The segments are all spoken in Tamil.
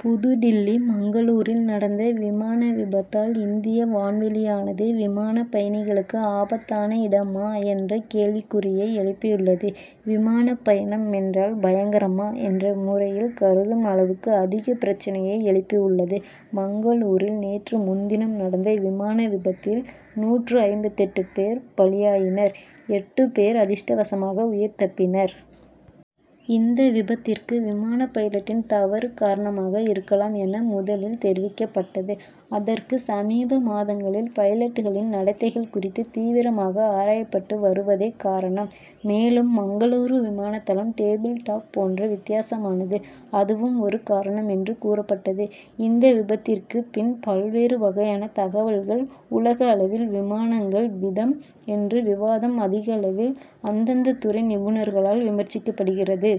புதுடில்லி மங்களூரில் நடந்த விமான விபத்தால் இந்திய வான்வெளியானது விமானப் பயணிகளுக்கு ஆபத்தான இடமா என்ற கேள்விக்குறியை எழுப்பியுள்ளது. விமானப் பயணம் என்றால் பயங்கரமா என்ற முறையில் கருதும் அளவுக்கு அதிக பிரச்னையை எழுப்பியுள்ளது. மங்களூரில் நேற்று முன்தினம் நடந்த விமான விபத்தில் நூற்று ஐம்பத்தெட்டு பேர் பலியாயினர் எட்டு பேர் அதிர்ஷ்டவசமாக உயிர் தப்பினர். இந்த விபத்திற்கு விமான பைலட்டின் தவறு காரணமாக இருக்கலாம் என முதலில் தெரிவிக்கப்பட்டது. அதற்கு சமீப மாதங்களில் பைலட்களின் நடத்தைகள் குறித்து தீவிரமாக ஆராயப்பட்டு வருவதே காரணம். மேலும் மங்களூரு விமானதளம் டேபிள் டாப் போன்று வித்தியாசமானது அதுவும் ஒரு காரணம் என்று கூறப்பட்டது. இந்த விபத்திற்குப் பின் பல்வேறு வகையான தகவல்கள் உலக அளவில் விமானங்கள் விதம் என்று விவாதம் அதிகளவில் அந்தந்த துறை நிபுணர்களால் விமர்சிக்கப்படுகிறது.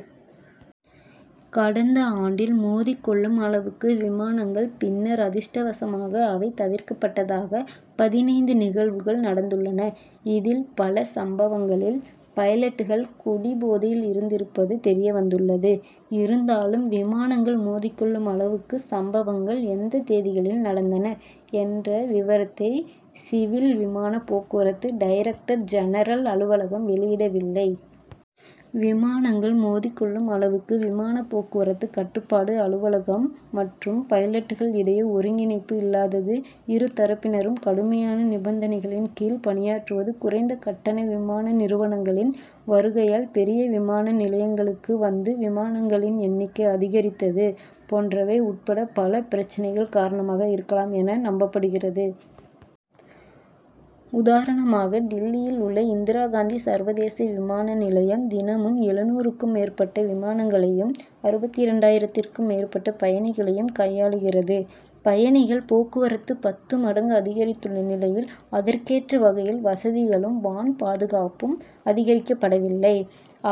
கடந்த ஆண்டில் மோதிக் கொள்ளும் அளவுக்கு விமானங்கள் பின்னர் அதிர்ஷ்டவசமாக அவை தவிர்க்கப்பட்டதாக பதினைந்து நிகழ்வுகள் நடந்துள்ளன. இதில் பல சம்பவங்களில் பைலட்கள் குடிபோதையில் இருந்திருப்பது தெரியவந்துள்ளது. இருந்தாலும் விமானங்கள் மோதிக்கொள்ளும் அளவுக்கு சம்பவங்கள் எந்த தேதிகளில் நடந்தன என்ற விவரத்தை சிவில் விமான போக்குவரத்து டைரக்டர் ஜெனரல் அலுவலகம் வெளியிடவில்லை. விமானங்கள் மோதிக் கொள்ளும் அளவுக்கு விமான போக்குவரத்து கட்டுப்பாட்டு அலுவலகம் மற்றும் பைலட்கள் இடையே ஒருங்கிணைப்பு இல்லாதது இரு தரப்பினரும் கடுமையான நிர்பந்தங்களின் கீழ் பணியாற்றுவது குறைந்த கட்டண விமான நிறுவனங்களின் வருகையால் பெரிய விமான நிலையங்களுக்கு வந்து விமானங்களின் எண்ணிக்கை அதிகரித்தது போன்றவை உட்பட பல பிரச்னைகள் காரணமாக இருக்கலாம் என நம்பப்படுகிறது. உதாரணமாக டில்லியில் உள்ள இந்திரா காந்தி சர்வதேச விமான நிலையம் தினமும் எழுநூறுக்கும் மேற்பட்ட விமானங்களையும் அறுபத்திரண்டாயிரத்திற்கும் மேற்பட்ட பயணிகளையும் கையாள்கிறது. பயணிகள் போக்குவரத்து பத்து மடங்கு அதிகரித்துள்ள நிலையில் அதற்கேற்ற வகையில் வசதிகளும் வான் பாதுகாப்பும் அதிகரிக்கப்படவில்லை.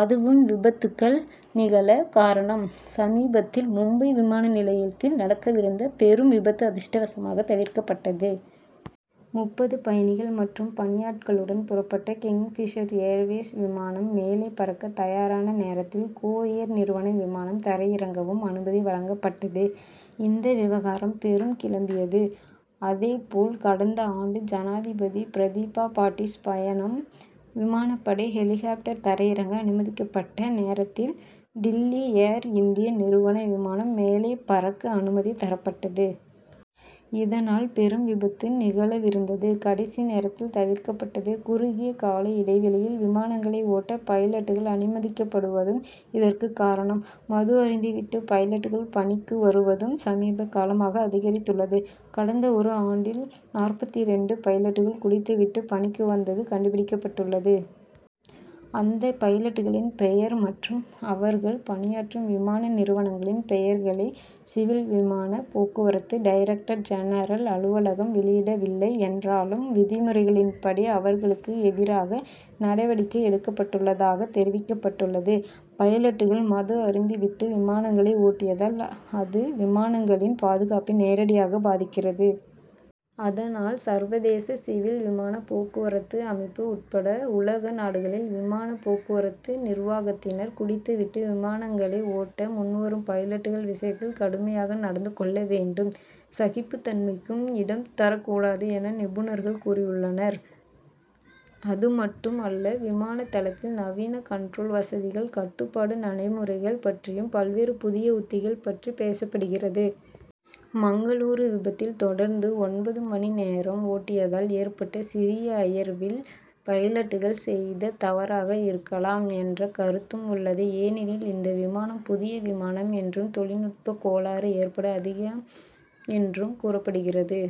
அதுவும் விபத்துகள் நிகழ காரணம். சமீபத்தில் மும்பை விமான நிலையத்தில் நடக்கவிருந்த பெரும் விபத்து அதிர்ஷ்டவசமாக தவிர்க்கப்பட்டது. முப்பது பயணிகள் மற்றும் பணியாட்களுடன் புறப்பட்ட கிங்பிஷர் ஏர்வேஸ் விமானம் மேலே பறக்க தயாரான நேரத்தில் கோ ஏர் நிறுவன விமானம் தரையிறங்கவும் அனுமதி வழங்கப்பட்டது. இந்த விவகாரம் பெரும் கிளப்பியது. அதே போல் கடந்த ஆண்டு ஜனாதிபதி பிரதிபா பாட்டீல் பயணம் விமானப் படை ஹெலிகாப்டர் தரையிறங்க அனுமதிக்கப்பட்ட நேரத்தில் டில்லி ஏர்-இந்தியா நிறுவன விமானம் மேலே பறக்க அனுமதி தரப்பட்டது. இதனால் பெரும் விபத்து நிகழவிருந்தது கடைசி நேரத்தில் தவிர்க்கப்பட்டது. குறுகிய கால இடைவெளியில் விமானங்களை ஓட்ட பைலட்கள் அனுமதிக்கப்படுவதும் இதற்கு காரணம். மது அருந்தி விட்டு பைலட்கள் பணிக்கு வருவதும் சமீப காலமாக அதிகரித்துள்ளது. கடந்த ஒரு ஆண்டில் நாற்பத்திரண்டு பைலட்கள் குடித்து விட்டு பணிக்கு வந்தது கண்டுபிடிக்கப்பட்டுள்ளது. அந்த பைலட்களின் பெயர் மற்றும் அவர்கள் பணியாற்றும் விமான நிறுவனங்களின் பெயர்களை சிவில் விமானப் போக்குவரத்து டைரக்டர் ஜெனரல் அலுவலகம் வெளியிடவில்லை என்றாலும் விதிமுறைகளின்படி அவர்களுக்கு எதிராக நடவடிக்கை எடுக்கப்பட்டுள்ளதாகத் தெரிவிக்கப்பட்டுள்ளது. பைலட்கள் மது அருந்தி விட்டு விமானங்களை ஓட்டினால் அது விமானங்களின் பாதுகாப்பை நேரடியாக பாதிக்கிறது. அதனால் சர்வதேச சிவில் விமான போக்குவரத்து அமைப்பு உட்பட உலக நாடுகளில் விமான போக்குவரத்து நிர்வாகத்தினர் குடித்து விட்டு விமானங்களை ஓட்ட முன்வரும் பைலட்கள் விஷயத்தில் கடுமையாக நடந்து கொள்ள வேண்டும். சகிப்புத் தன்மைக்கு இடம் தரக்கூடாது என நிபுணர்கள் கூறியுள்ளனர். அது மட்டும் அல்ல விமான தளத்தில் நவீன கன்ட்ரோல் வசதிகள் கட்டுப்பாட்டு நடைமுறைகள் பற்றியும் பல்வேறு புதிய உத்திகள் பற்றி பேசப்படுகிறது. மங்களூரு விபத்தில் தொடர்ந்து ஒன்பது மணி நேரம் ஓட்டியதால் ஏற்பட்ட சிறிய அயர்வில் பைலட்கள் செய்த தவறாக இருக்கலாம் என்ற கருத்தும் உள்ளது. ஏனெனில் இந்த விமானம் புதிய விமானம் என்றும் தொழில்நுட்பக் கோளாறு ஏற்பட அதிக என்றும் கூறப்படுகிறது.